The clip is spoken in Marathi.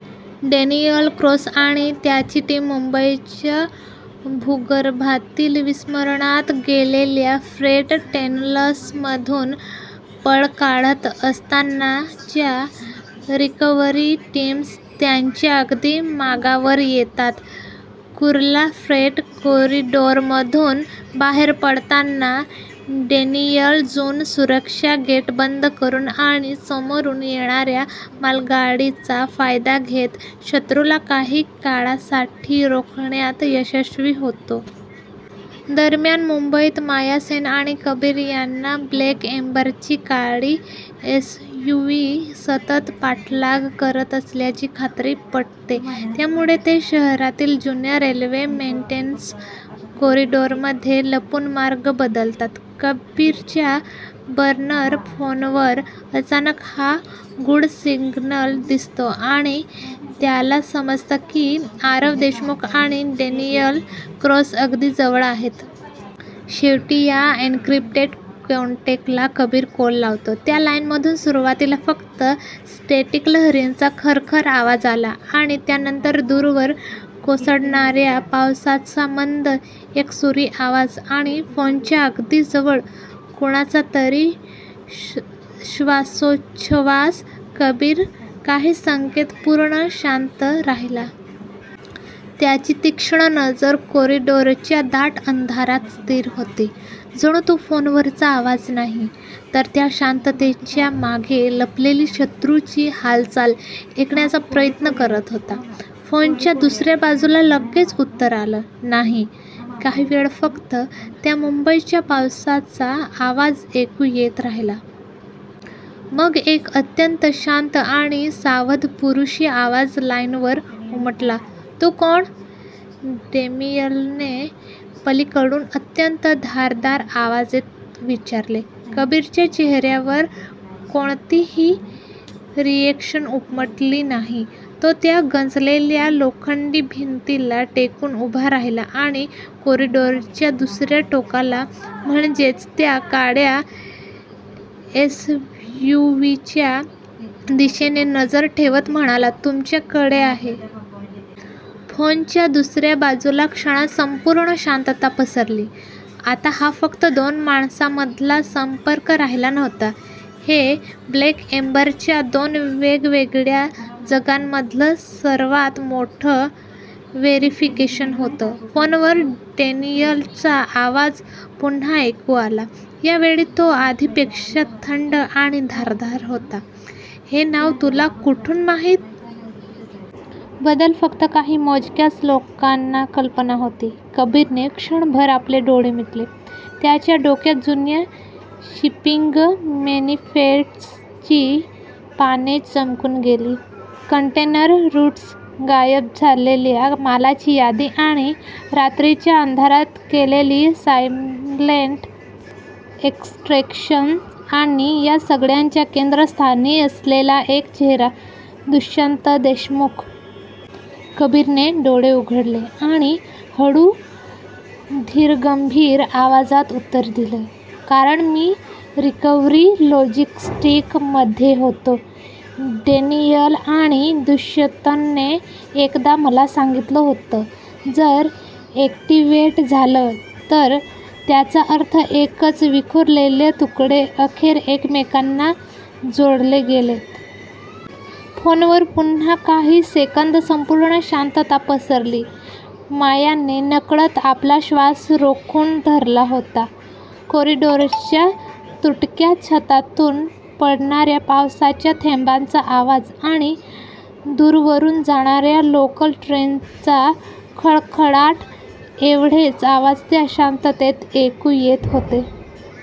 डॅनियल क्रॉस आणि त्याची टीम मुंबईच्या भूगर्भातील विस्मरणात गेलेल्या फ्रेट टनेल्समधून पळ काढत असताना च्या रिकव्हरी टीम्स त्यांच्या अगदी मागावर येतात. कुर्ला फ्रेट कॉरिडॉरमधून बाहेर पडताना डॅनियल जुनं सुरक्षा गेट बंद करून आणि समोरून येणाऱ्या मालगाडीचा फायदा घेत शत्रूला काही काळासाठी रोखण्यात यशस्वी होतो. दरम्यान मुंबईत माया सेन आणि कबीर यांना ब्लॅक एम्बरची काळी एसयूव्ही सतत पाठलाग करत असल्याची खात्री पटते, त्यामुळे ते शहरातील जुन्या रेल्वे मेंटेनन्स कॉरिडॉरमध्ये लपून मार्ग बदलतात. कबीरच्या बर्नर फोनवर अचानक हा गूढ सिग्नल दिसतो आणि त्याला समजतं की आरव देशमुख आणि डॅनियल क्रॉस अगदी जवळ आहेत. शेवटी या एन्क्रिप्टेड कॉन्टॅक्टला कबीर कॉल लावतो. त्या लाईनमधून सुरुवातीला फक्त स्टॅटिक लहरींचा खरखर आवाज आला आणि त्यानंतर दूरवर कोसळणाऱ्या पावसाचा मंद, एकसुरी आवाज आणि फोनच्या अगदी जवळ कुणाचातरी श्वासोच्छवास कबीर काही सेकंद पूर्ण शांत राहिला. त्याची तीक्ष्ण नजर कॉरिडॉरच्या दाट अंधारात स्थिर होती. जणू तो फोनवरचा आवाज नाही, तर त्या शांततेच्या मागे लपलेली शत्रूची हालचाल ऐकण्याचा प्रयत्न करत होता. फोनच्या दुसऱ्या बाजूला लगेच उत्तर आलं नाही. काही वेळ फक्त त्या मुंबईच्या पावसाचा आवाज ऐकू येत राहिला. मग एक अत्यंत शांत आणि सावध पुरुषी आवाज लाईनवर उमटला. "तू कोण? " डॅनियलने पलीकडून अत्यंत धारदार आवाजात विचारले. कबीरच्या चेहऱ्यावर कोणतीही रिएक्शन उमटली नाही. तो त्या गंजलेल्या लोखंडी भिंतीला टेकून उभा राहिला आणि कॉरिडॉरच्या दुसऱ्या टोकाला, म्हणजेच त्या काळ्या एसयूव्हीच्या दिशेने नजर ठेवत म्हणाला तुमच्याकडे आहे. फोनच्या दुसऱ्या बाजूला क्षणात संपूर्ण शांतता पसरली. आता हा फक्त दोन माणसांमधला संपर्क राहिला नव्हता. हे 'ब्लेक एम्बर'च्या दोन वेगवेगळ्या जगांमधलं सर्वात मोठं व्हेरिफिकेशन होतं. फोनवर डॅनियलचा आवाज पुन्हा ऐकू आला. या वेळी तो आधीपेक्षा थंड आणि धारदार होता, "हे नाव तुला कुठून माहित? बद्दल फक्त काही मोजक्याच लोकांना कल्पना होती." कबीरने क्षणभर आपले डोळे मिटले. त्याच्या डोक्यात जुन्या शिपिंग मॅनिफेस्ट्सची पाने चमकून गेली. कंटेनर रूट्स, गायब झालेल्या मालाची यादी आणि रात्रीच्या अंधारात केलेली सायलेंट एक्स्ट्रॅक्शन्स आणि या सगळ्याच्या केंद्रस्थानी असलेला एक चेहरा दुष्यंत देशमुख. कबीरने डोळे उघडले आणि हळू, धीरगंभीर आवाजात उत्तर दिलं, "कारण मी रिकव्हरी लॉजिस्टिक्स मध्ये होतो, डॅनियल. आणि दुष्यंतने एकदा मला सांगितलं होतं जर अॅक्टिव्हेट झालं "तर त्याचा अर्थ एकच विखुरलेले तुकडे अखेर एकमेकांना जोडले गेलेत." फोनवर पुन्हा काही सेकंद संपूर्ण शांतता पसरली. मायाने नकळत आपला श्वास रोखून धरला होता. कॉरिडॉरच्या तुटक्या छतातून पडणाऱ्या पावसाच्या थेंबांचा आवाज आणि दूरवरून जाणाऱ्या लोकल ट्रेनचा खडखडाट एवढेच आवाज त्या शांततेत ऐकू येत होते.